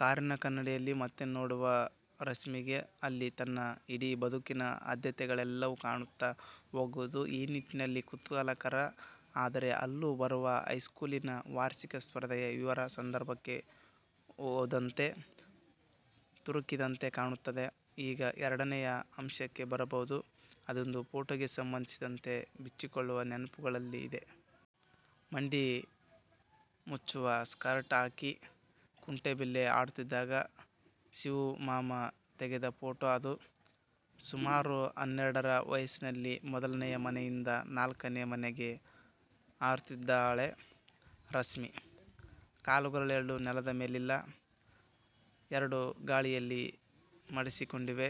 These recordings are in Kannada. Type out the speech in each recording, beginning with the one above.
ಕಾರಿನ ಕನ್ನಡಿಯಲ್ಲಿ ಮತ್ತೆ ನೋಡುವ ರಶ್ಮಿಗೆ ಅಲ್ಲಿ ತನ್ನ ಇಡೀ ಬದುಕಿನ ಆದ್ಯತೆಗಳೆಲ್ಲವೂ ಕಾಣುತ್ತ ಹೋಗುವುದು ಈ ನಿಟ್ಟಿನಲ್ಲಿ ಕುತೂಹಲಕರ. ಆದರೆ ಇಲ್ಲೂ ಬರುವ ಹೈಸ್ಕೂಲಿನ ವಾರ್ಷಿಕ ಸ್ಪರ್ಧೆಯ ವಿವರ ಸಂದರ್ಭಕ್ಕೆ ಹೊಂದದಂತೆ, ತುರುಕಿದಂತೆ ಕಾಣುತ್ತದೆ. ಈಗ ಎರಡನೆಯ ಅಂಶಕ್ಕೆ ಬರಬಹುದು. ಅದೊಂದು ಫೋಟೋಗೆ ಸಂಬಂಧಿಸಿದಂತೆ ಬಿಚ್ಚಿಕೊಳ್ಳುವ ನೆನಪುಗಳಲ್ಲಿ ಇದೆ. ಮಂಡಿ ಮುಚ್ಚುವ ಸ್ಕರ್ಟ್ ಹಾಕಿ ಕುಂಟೇಬಿಲ್ಲೆ ಆಡುತ್ತಿದ್ದಾಗ ಶಿವೂಮಾಮ ತೆಗೆದ ಫೋಟೋ ಅದು. ಸುಮಾರು ಹನ್ನೆರಡರ ವಯಸ್ಸಿನಲ್ಲಿ. "ಮೊದಲನೆಯ ಮನೆಯಿಂದ ನಾಲ್ಕನೆಯ ಮನೆಗೆ ಹಾರುತ್ತಿದ್ದಾಳೆ, ರಶ್ಮಿ. ಕಾಲುಗಳೆರಡೂ ನೆಲದ ಮೇಲಿಲ್ಲ. ಎರಡೂ ಗಾಳಿಯಲ್ಲಿ ಮಡಿಸಿಕೊಂಡಿವೆ.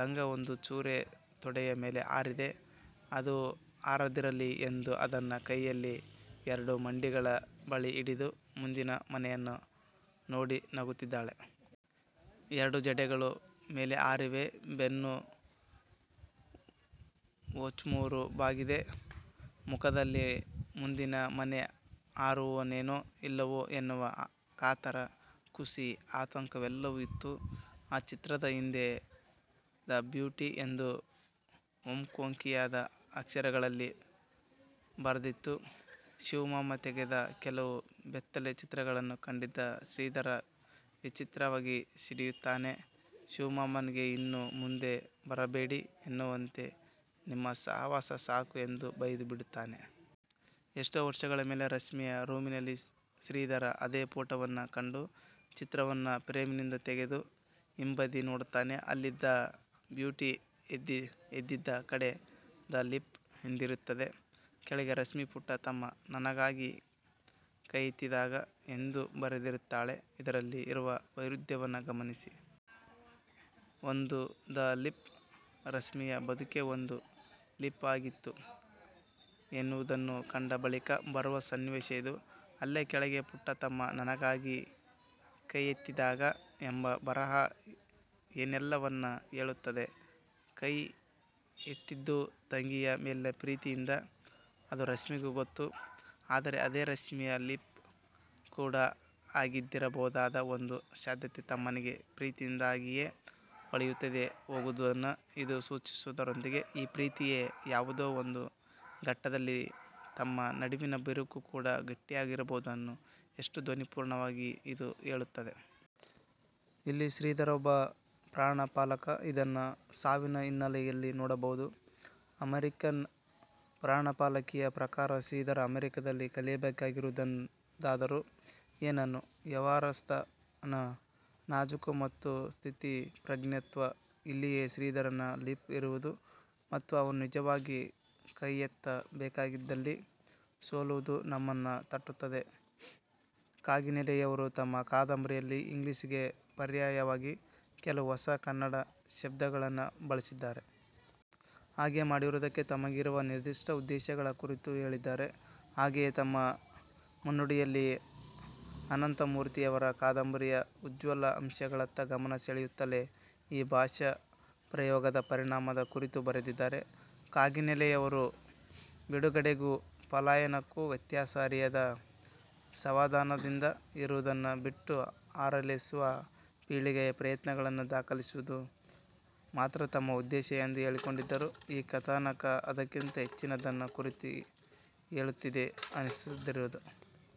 ಲಂಗ ಒಂದು ಚೂರೇ ತೊಡೆಯ ಮೇಲೆ ಹಾರಿದೆ. ಅದೂ ಹಾರದಿರಲಿ ಎಂದು ಅದನ್ನು ಕೈಯಲ್ಲಿ ಎರಡೂ ಮಂಡಿಗಳ ಬಳಿ ಹಿಡಿದು ಮುಂದಿನ ಮನೆಯನ್ನು ನೋಡಿ ನಗುತ್ತಿದ್ದಾಳೆ. ಎರಡೂ ಜಡೆಗಳೂ ಮೇಲೆ ಹಾರಿವೆ. ಬೆನ್ನು ಒಮ್ಚೂರು ಬಾಗಿದೆ. ಮುಖದಲ್ಲಿ ಮುಂದಿನ ಮನೆಗೆ ಹಾರುವೆನೋ ಇಲ್ಲವೋ ಎನ್ನುವ ಕಾತರ, ಖುಷಿ, ಆತಂಕಎಲ್ಲವೂ ಇತ್ತು. ಆ ಚಿತ್ರದ ಹಿಂದೆ ದ ಬ್ಯೂಟಿ ಎಂದು ಒಂಕೊಂಕಿಯಾದ ಅಕ್ಷರಗಳಲ್ಲಿ ಬರೆದಿತ್ತು". ಶಿವೂಮಾಮ ತೆಗೆದ ಕೆಲವು ಬೆತ್ತಲೆ ಚಿತ್ರಗಳನ್ನೂ ಕಂಡಿದ್ದ ಶ್ರೀಧರ ವಿಚಿತ್ರವಾಗಿ ಸಿಡಿಯುತ್ತಾನೆ, ಶಿವೂಮಾಮನಿಗೆ ಇನ್ನು ಮುಂದೆ ಬರಬೇಡಿ ಎನ್ನುವಂತೆ ನಿಮ್ಮ ಸಹವಾಸವೇ ಸಾಕು ಎಂದು ಬೈದು ಬಿಡುತ್ತಾನೆ. ಎಷ್ಟೋ ವರ್ಷಗಳ ಮೇಲೆ, ರಶ್ಮಿಯ ರೂಮಿನಲ್ಲಿ ಶ್ರೀಧರ ಅದೇ ಫೋಟೋವನ್ನು ಕಂಡು, ಚಿತ್ರವನ್ನು ಫ್ರೇಮಿನಿಂದ ತೆಗೆದು ಹಿಂಬದಿ ನೋಡುತ್ತಾನೆ. ಅಲ್ಲಿ ದ ಬ್ಯೂಟಿ ಎಂದಿದ್ದ ಕಡೆ ದ ಲೀಪ್ ಎಂದಿರುತ್ತದೆ. ಕೆಳಗೆ ರಶ್ಮಿ 'ಪುಟ್ಟ ತಮ್ಮ ನನಗಾಗಿ ಕೈಯೆತ್ತಿದಾಗ' ಎಂದೂ ಬರೆದಿರುತ್ತಾಳೆ. ಇದರಲ್ಲಿರುವ ವೈರುಧ್ಯವನ್ನು ಗಮನಿಸಿ. ಒಂದು ದ ಲೀಪ್, ರಶ್ಮಿಯ ಬದುಕೇ ಒಂದು ಲೀಪ್ ಆಗಿತ್ತು ಎನ್ನುವುದನ್ನು ಕಂಡ ಬಳಿಕ ಬರುವ ಸನ್ನಿವೇಶ ಇದು. ಅಲ್ಲೇ ಕೆಳಗೆ, ಪುಟ್ಟ ತಮ್ಮ ನನಗಾಗಿ ಕೈಯೆತ್ತಿದಾಗ ಎಂಬ ಬರಹ ಏನೆಲ್ಲವನ್ನು ಹೇಳುತ್ತದೆ. ಕೈಯೆತ್ತಿದ್ದು ತಂಗಿಯ ಮೇಲಿನ ಪ್ರೀತಿಯಿಂದ. ಅದು ರಶ್ಮಿಗೂ ಗೊತ್ತು. ಆದರೆ ಅದೇ ರಶ್ಮಿಯ ಲೀಪ್ ಕೂಡ ಆಗಿದ್ದಿರಬಹುದಾದ ಒಂದು ಸಾಧ್ಯತೆ ತಮ್ಮನಿಗೆ ಪ್ರೀತಿಯಿಂದಾಗಿಯೇ ಹೊಳೆಯದೇ ಹೋಗುವುದನ್ನು ಇದು ಸೂಚಿಸುವುದರೊಂದಿಗೇ ಈ ಪ್ರೀತಿಯೇ ಯಾವುದೋ ಒಂದು ಘಟ್ಟದಲ್ಲಿ ತಮ್ಮ ನಡುವಿನ ಬಿರುಕು ಕೂಡ ಆಗಿಬಿಟ್ಟಿರುವುದನ್ನು ಎಷ್ಟು ಧ್ವನಿಪೂರ್ಣವಾಗಿ ಇದು ಹೇಳುತ್ತಿದೆ. ಇಲ್ಲಿ ಶ್ರೀಧರ ಒಬ್ಬ "ಪ್ರಾಣಪಾಲಕ". ಇದನ್ನು ಈ ಸಾವಿನ ಹಿನ್ನೆಲೆಯಲ್ಲಿ ನೋಡಬಹುದು. ಅಮೆರಿಕನ್ ಪ್ರಾಣಪಾಲಕಿಯ ಪ್ರಕಾರ ಶ್ರೀಧರ ಅಮೆರಿಕದಲ್ಲಿ ಕಲಿಯಬೇಕಾಗಿರುವುದಾದರೂ ಏನನ್ನು? ವ್ಯವಹಾರಸ್ಥನ ನಾಜೂಕು ಮತ್ತು ಸ್ಥಿತಪ್ರಜ್ಞತ್ವ. ಇಲ್ಲಿಯೇ ಶ್ರೀಧರನ ಲೀಪ್ ಇರುವುದು ಮತ್ತು ಅವನು ನಿಜವಾಗಿ ಕೈಯೆತ್ತ ಬೇಕಾಗಿದ್ದಲ್ಲಿ ಸೋಲುವುದು ನಮ್ಮನ್ನು ತಟ್ಟುತ್ತದೆ. ಕಾಗಿನೆಲೆಯವರು ತಮ್ಮ ಕಾದಂಬರಿಯಲ್ಲಿ ಇಂಗ್ಲೀಷ್ಗೆ ಪರ್ಯಾಯವಾಗಿ ಕೆಲವು ಹೊಸ ಕನ್ನಡ ಶಬ್ದಗಳನ್ನು ಬಳಸಿದ್ದಾರೆ. ಹಾಗೆ ಮಾಡಿರುವುದಕ್ಕೆ ತಮಗಿರುವ ನಿರ್ದಿಷ್ಟ ಉದ್ದೇಶಗಳ ಕುರಿತೂ ಹೇಳಿದ್ದಾರೆ. ಹಾಗೆಯೇ ತಮ್ಮ ಮುನ್ನುಡಿಯಲ್ಲಿ ಅನಂತಮೂರ್ತಿಯವರು ಕಾದಂಬರಿಯ ಉಜ್ವಲ ಅಂಶಗಳತ್ತ ಗಮನ ಸೆಳೆಯುತ್ತಲೇ ಈ ಭಾಷಾಪ್ರಯೋಗದ ಪರಿಣಾಮದ ಕುರಿತೂ ಬರೆದಿದ್ದಾರೆ. ಕಾಗಿನೆಲೆಯವರು ಬಿಡುಗಡೆಗೂ ಪಲಾಯನಕ್ಕೂ ವ್ಯತ್ಯಾಸ ಅರಿಯದ, ಸಾವಧಾನದಿಂದ ಏರುವುದನ್ನು ಬಿಟ್ಟು ಹಾರಲೆಳಸುವ ಪೀಳಿಗೆಯ ಪ್ರಯತ್ನಗಳನ್ನು ದಾಖಲಿಸುವುದು ಮಾತ್ರ ತಮ್ಮ ಉದ್ದೇಶ ಎಂದು ಹೇಳಿಕೊಂಡಿದ್ದರೂ ಈ ಕಥಾನಕ ಅದಕ್ಕಿಂತ ಹೆಚ್ಚಿನದನ್ನು ಕುರಿತು ಹೇಳುತ್ತಿದೆ ಅನಿಸದಿರದು.